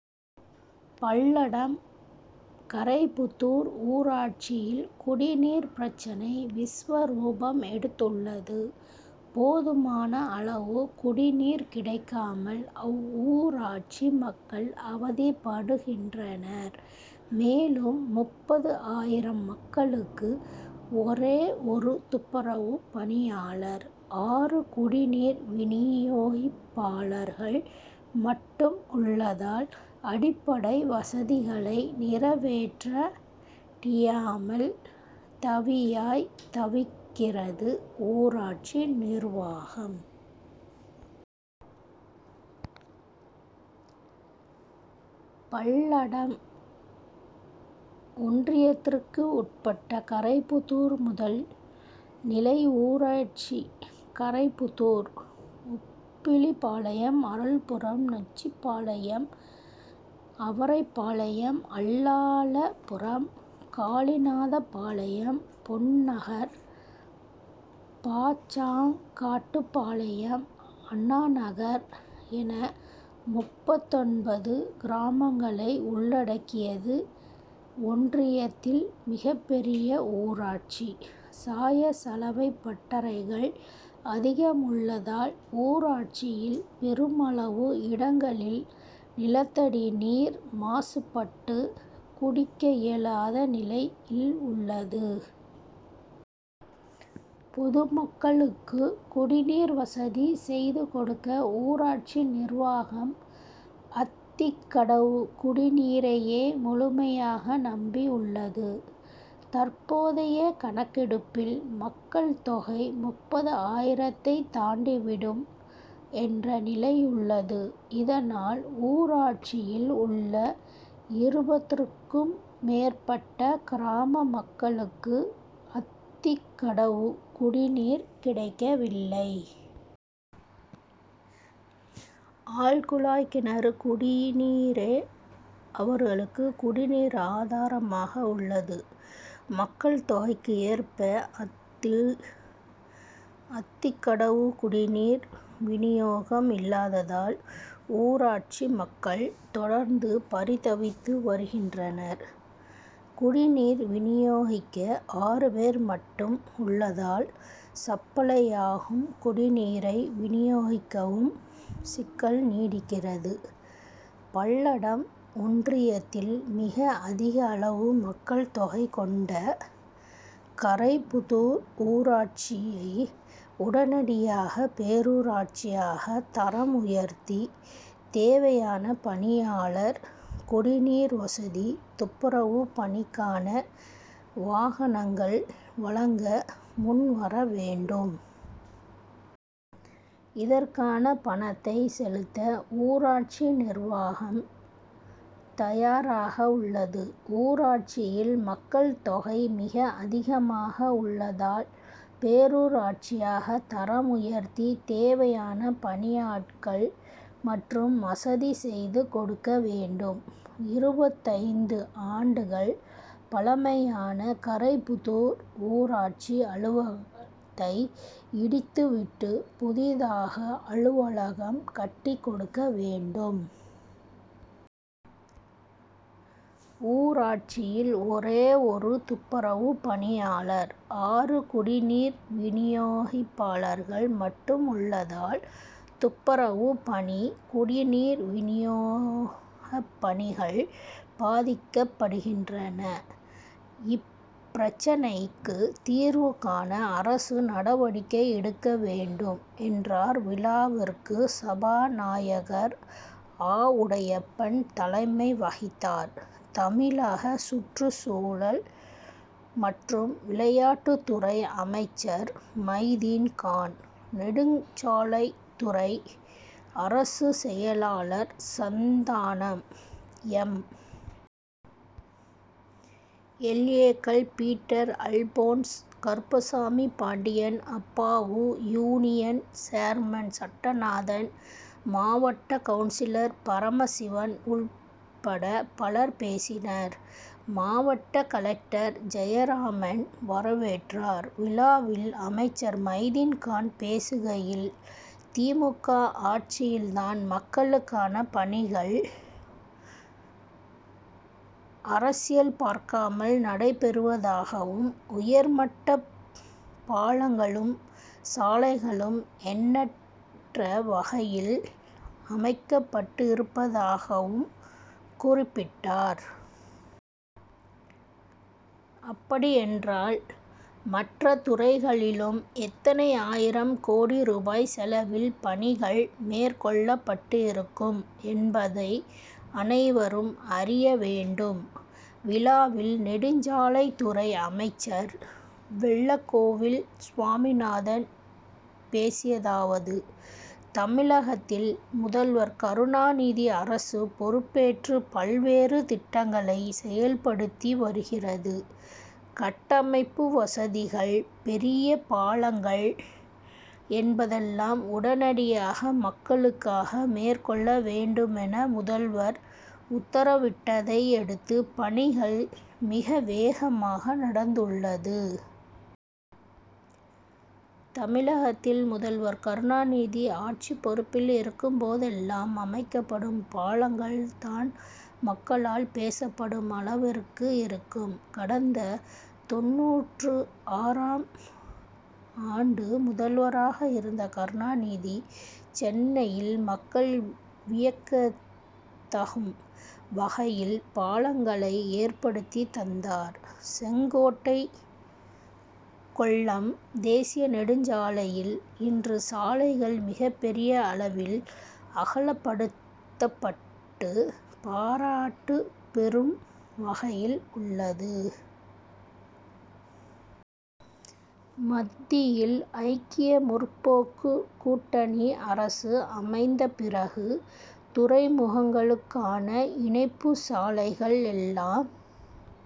பல்லடம் கரைப்புதூர் ஊராட்சியில் குடிநீர் பிரச்னை விஸ்வரூபம் எடுத்துள்ளது; போதுமான அளவு குடிநீர் கிடைக்காமல், அவ்வூராட்சி மக்கள் அவதிப்படுகின்றனர். மேலும், முப்பது ஆயிரம் மக்களுக்கு ஒரே ஒரு துப்புரவு பணியாளர், ஆறு குடிநீர் வினியோகிப்பாளர்கள் மட்டும் உள்ளதால், அடிப்படை வசதிகளை நிறைவேற்ற டியாமல் தவியாய், தவிக்கிறது, ஊராட்சி நிர்வாகம். பல்லடம் ஒன்றியத்துக்கு உட்பட்ட கரைப்புதூர் முதல் நிலை ஊராட்சி கரைப் புதூர், உப்பிலிபாளையம், அருள்புரம், நொச்சிபாளையம், அவரப்பாளையம், அல்லாளபுரம், காளிநாதம்பாளையம், பொன் நகர், பாச்சாங்காட்டுப்பாளையம், அண்ணா நகர் என முப்பத்தொன்பது கிராமங்களை உள்ளடக்கியது ஒன்றியத்தில் மிகப்பெரிய ஊராட்சி. சாய, சலவை பட்டறைகள் அதிகம் உள்ளதால், ஊராட்சியில் பெருமளவு இடங்களில் நிலத்தடி நீர் மாசுபட்டு குடிக்க இயலாத நிலையில் உள்ளது. பொதுமக்களுக்கு குடிநீர் வசதி செய்து கொடுக்க, ஊராட்சி நிர்வாகம் அத்திக் கடவு குடிநீரையே முழுமையாக நம்பி யுள்ளது. தற்போதைய கணக்கெடுப்பில், மக்கள் தொகை முப்பது ஆயிரத்தை தாண்டி விடும் என்ற நிலையுள்ளது. இதனால், ஊராட்சியில் உள்ள இருபதுக்கும் மேற்பட்ட கிராம மக்களுக்கு அத்திக்கடவு குடிநீர் கிடைக்கவில்லை. ஆழ்குழாய் கிணறு குடிநீரே அவர் களுக்கு குடிநீர் ஆதாரமாக உள்ளது. மக்கள் தொகைக்கு ஏற்ப அத்திக்கடவு குடிநீர் வினியோகம் இல்லாததால், ஊராட்சி பொதுமக்கள் தொடர்ந்து பரிதவித்து வரு கின்றனர். குடிநீர் வினியோகிக்க ஆறு பேர் மட்டும் உள்ளதால், சப்ளையாகும் குடிநீரை வினியோகிக்கவும் சிக்கல் நீடிக்கிறது. பல்லடம் ஒன்றியத்தில் மிக அதிக அளவு மக்கள் தொகை கொண்ட கரைப் புதூர் ஊராட்சியை, உடனடியாக பேரூராட்சியாக தரம் உயர்த்தி, தேவையான பணியாளர், குடிநீர் வசதி, துப்புரவு பணிக்கான வாகனங்கள் வழங்க முன்வர வேண்டும். இதற்கான பணத்தை செலுத்த ஊராட்சி நிர்வாகம் தயாராக உள்ளது. ஊராட்சியில் மக்கள் தொகை மிக அதிகமாக உள்ளதால், பேரூராட்சியாக தரம் உயர்த்தி தேவையான பணியாட்கள் மற்றும் வசதி செய்து கொடுக்க வேண்டும். இருபத்தைந்து ஆண்டுகள் பழமையான கரைப்புதூர் ஊராட்சி அலுவலகத்தை இடித்துவிட்டு, புதிதாக அலுவலகம் கட்டிக்கொடுக்க வேண்டும். ஊராட்சியில் ஒரே ஒரு துப்புரவு பணியாளர், ஆறு குடிநீர் வினியோகிப்பாளர்கள் மட்டும் உள்ளதால், துப்புரவு பணி, குடிநீர் வினியோக பணி கள் பாதிக்கப்படுகின்றன. இப் பிரச்னைக்கு தீர்வு காண அரசு நடவடிக்கை எடுக்க வேண்டும், என்றார். விழாவிற்கு சபாநாயகர் ஆவுடையப்பன் தலைமை வகித்தார். தமிழக சுற்றுச்சூழல் மற்றும் விளையாட்டுத்துறை அமைச்சர் மைதீன்கான், நெடுஞ்சாலைத்துறை அரசு செயலாளர் சந்தானம், எம். எல். ஏ.,கள் பீட்டர் அல்போன்ஸ், கருப்பசாமிபாண்டியன், அப்பாவு, யூனியன் சேர்மன் சட்டநாதன், மாவட்ட கவுன்சிலர் பரமசிவன் உட்பட பலர் பேசினர். மாவட்ட கலெக்டர் ஜெயராமன் வரவேற்றார். விழாவில் அமைச்சர் மைதீன்கான் பேசுகையில்: திமுக ஆட்சியில்தான் மக்களுக்கான பணிகள் அரசியல் பார்க்காமல் நடைபெறுவதாகவும், உயர்மட்ட பாலங்களும், சாலைகளும் எண்ணற்ற வகையில் அமைக்கப்பட்டிருப்பதாகவும் குறிப்பிட்டார். அப்படி என்றால் மற்ற துறைகளிலும் எத்தனை ஆயிரம் கோடி ரூபாய் செலவில் பணிகள் மேற்கொள்ளப்பட்டிருக்கும் என்பதை அனைவரும் அறிய வேண்டும். விழாவில் நெடுஞ்சாலைத்துறை அமைச்சர் வெள்ளக்கோவில் சுவாமிநாதன் பேசியதாவது:-தமிழகத்தில் முதல்வர் கருணாநிதி அரசு பொறுப்பேற்று பல்வேறு திட்டங்களை செயல்படுத்தி வருகிறது. கட்டமைப்பு வசதிகள், பெரிய பாலங்கள் என்பதையெல்லாம் உடனடியாக மக்களுக்காக மேற்கொள்ள வேண்டுமென முதல்வர் உத்தரவிட்டதையடுத்து பணிகள் மிக வேகமாக நடந்துள்ளது. தமிழகத்தில் முதல்வர் கருணாநிதி ஆட்சி பொறுப்பில் இருக்கும்போதெல்லாம் அமைக்கப்படும் பாலங்கள் தான் மக்களால் பேசப்படும் அளவிற்கு இருக்கும். கடந்த தொண்ணூற்று ஆறாம் ஆண்டு முதல்வராக இருந்த கருணாநிதி சென்னையில் மக்கள் வியக்கதகும் வகையில் பாலங்களை ஏற்படுத்தி தந்தார். செங்கோட்டை கொல்லம் தேசிய நெடுஞ்சாலையில் இன்று சாலைகள் மிகப்பெரிய அளவில் அகலப்படுத்தப்பட்டு பாராட்டு பெரும் வகையில் உள்ளது. மத்தியில் ஐக்கிய முற்போக்கு கூட்டணி அரசு அமைந்தபிறகு துறைமுகங்களுக்கான இணைப்பு சாலைகள் எல்லாம்